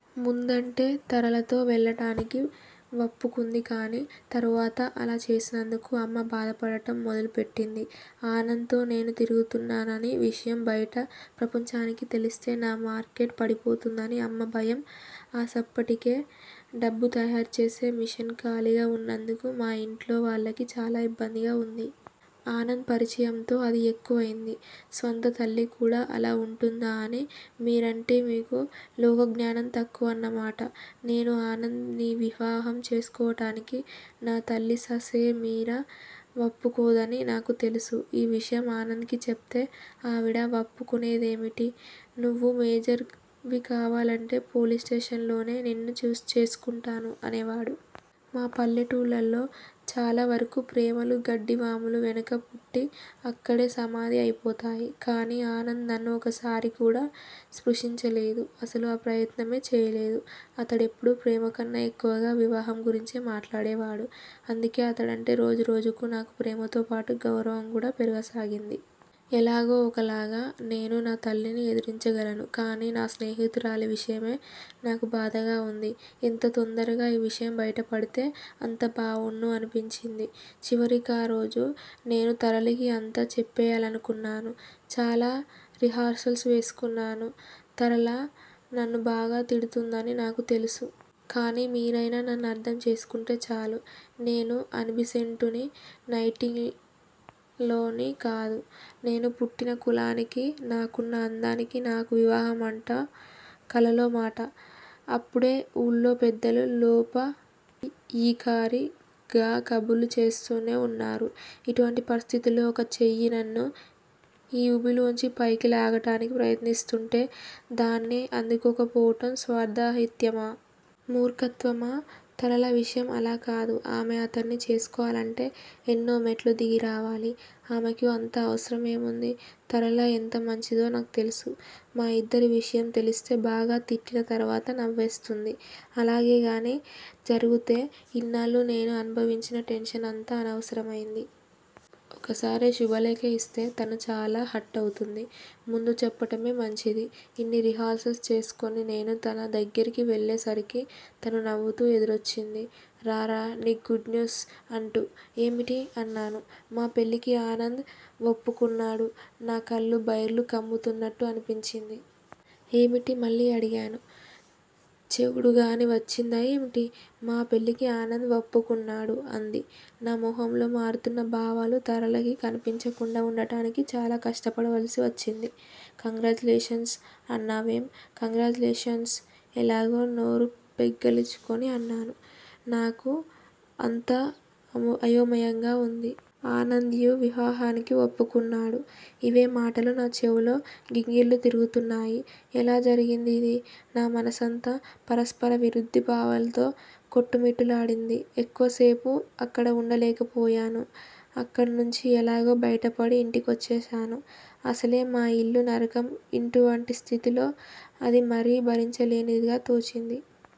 ముందంటే తరళతో వెళ్ళటానికి వప్పుకుంది కానీ, తరువాత అలా చేసినందుకు అమ్మ బాధపడటం మొదలు పెట్టింది. ఆనంద్ తో నేను తిరుగుతున్నానన్న విషయం బయట ప్రపంచానికి తెలిస్తే నా మార్కెట్ పడిపోతుందని అమ్మ భయం అసలిప్పటికే, డబ్బు తయారు చేసే మిషను ఖాళీగా వున్నందుకు మా ఇంట్లో వాళ్ళకి చాలా ఇబ్బందిగా వుంది. ఆనంద్ పరిచయంతో అది ఎక్కువైంది. స్వంత తల్లికూడా అలా వుంటుందా అని మీరంటే మీకు లోకజ్ఞానం తక్కువన్నమాట. నేను ఆనంద్ ని వివాహం చేసుకోవటానికి నా తల్లి ససేమిరా వప్పుకోదని నాకు తెలుసు. ఈ విషయం ఆనంద్ కి చెప్తే ఆవిడ వప్పుకొనేదేమిటి? నువ్వు మేజర్ వి కావాలంటే పోలీస్ స్టేషన్ లోనే నిన్ను చేసుకుంటాను అనేవాడు. మా పల్లెటూళ్ళల్లో చాలావరకు ప్రేమలు గడ్డివాముల వెనకే పుట్టి, అక్కడే సమాధి అయిపోతాయి. కానీ ఆనంద్ నన్ను ఒక్కసారి కూడా స్పృశించలేదు. అసలు ఆ ప్రయత్నమే చేయలేదు. అతడెప్పుడూ ప్రేమకన్నా ఎక్కువగా వివాహం గురించే మాట్లాడేవాడు. అందుకే అతడంటే రోజురోజుకీ నాకు ప్రేమతోపాటు గౌరవం కూడా పెరగసాగింది. ఎలాగో ఒకలాగా నేను నా తల్లిని ఎదురించగలను. కానీ నా స్నేహితురాలి విషయమే నాకు బాధగా వుంది. ఎంత తొందరగా ఈ విషయం బయటపడితే అంత బావుణ్ణు అనిపించింది. చివరి కారోజు నేను తరళకి అంతా చెప్పెయ్యాలనుకున్నాను. చాలా రిహార్సల్స్ వేసుకున్నాను. తరళ నన్ను బాగా తిడుతుందని నాకు తెలుసు. కానీ మీరైనా నన్ను అర్ధం చేసుకుంటే చాలు. నేను అనిబిసెంటునీ, నైటింగే ల్ నీ కాదు. నేను పుట్టిన కులానికీ, నాకున్న అందానికీ నాకు వివాహమవటం కలలో మాట. అప్పుడే వూళ్ళో పెద్దలు 'లోపాయికారీ'గా కబుర్లు చేస్తూనే వున్నారు. ఇటువంటి పరిస్థితిలో ఒక చెయ్యి నన్ను ఈ వూబిలోంచి పైకి లాగటానికి ప్రయత్నిస్తూంటే, దాన్ని అందుకోకపోవటం స్వార్ధరాహిత్యమా? మూర్ఖత్వమా? తరళ విషయం అలాకాదు. ఆమె అతడిని చేసుకోవాలంటే ఎన్నో మెట్లు దిగి రావాలి. ఆమెకు అంత అవసరం ఏముంది? తరళ ఎంత మంచిదో నాకు తెలుసు. మా ఇద్దరి విషయమూ తెలిస్తే బాగా తిట్టినా, తరువాత నవ్వేస్తుంది. అలాగే గానీ జరుగుతే, ఇన్నాళ్ళూ నేను అనుభవించిన టెన్షన్ అంతా అనవసరమైంది. ఒక్కసారే శుభలేఖ ఇస్తే తను చాలా హర్ట్ అవుతుంది. ముందు చెప్పటమే మంచిది. ఇన్ని రిహార్సల్స్ చేసుకుని నేను తన దగ్గిరకు వెళ్ళేసరికి తను నవ్వుతూ ఎదురొచ్చింది. రా రా నీకో గుడ్ న్యూస్ అంటూ. ఏమిటి? అన్నాను. మా పెళ్ళికి ఆనంద్ వప్పుకున్నాడు. నా కళ్ళు బైర్లు కమ్ముతున్నట్టు అనిపించింది. ఏమిటీ? మళ్ళీ అడిగాను. చెవుడుగానీ వచ్చిందా ఏమిటి? మా పెళ్ళికి ఆనంద్ వప్పుకున్నాడు- అంది. నా మొహంలో మారుతున్న భావాలు తరళ కి కనిపించకుండా ఉండటానికి చాలా కష్టపడవలసి వచ్చింది. కంగ్రాచ్యులేషన్స్ అనవేం? కంగ్రాచ్యులేషన్స్. ఎలాగో నోరు పెగల్చుకుని అన్నాను. నాకు అంతా అయోమయంగా వుంది. 'ఆనంద్ యీ వివాహానికి వప్పుకున్నాడు'. ఇవే మాటలు నా చెవుల్లో గింగిర్లు తిరుగుతున్నాయి. ఎలా జరిగింది ఇది? నా మనసంతా పరస్పర విరుద్ద భావాల్తో కొట్టుమిట్టులాడింది. ఎక్కువసేపు అక్కడ వుండలేకపోయాను! అక్కడనుంచి ఎలాగో బయటపడి ఇంటికొచ్చేశాను. అసలే మా ఇల్లు నరకం ఇటువంటి స్థితిలో అది మరీ భరించలేనిదిగా తోచింది.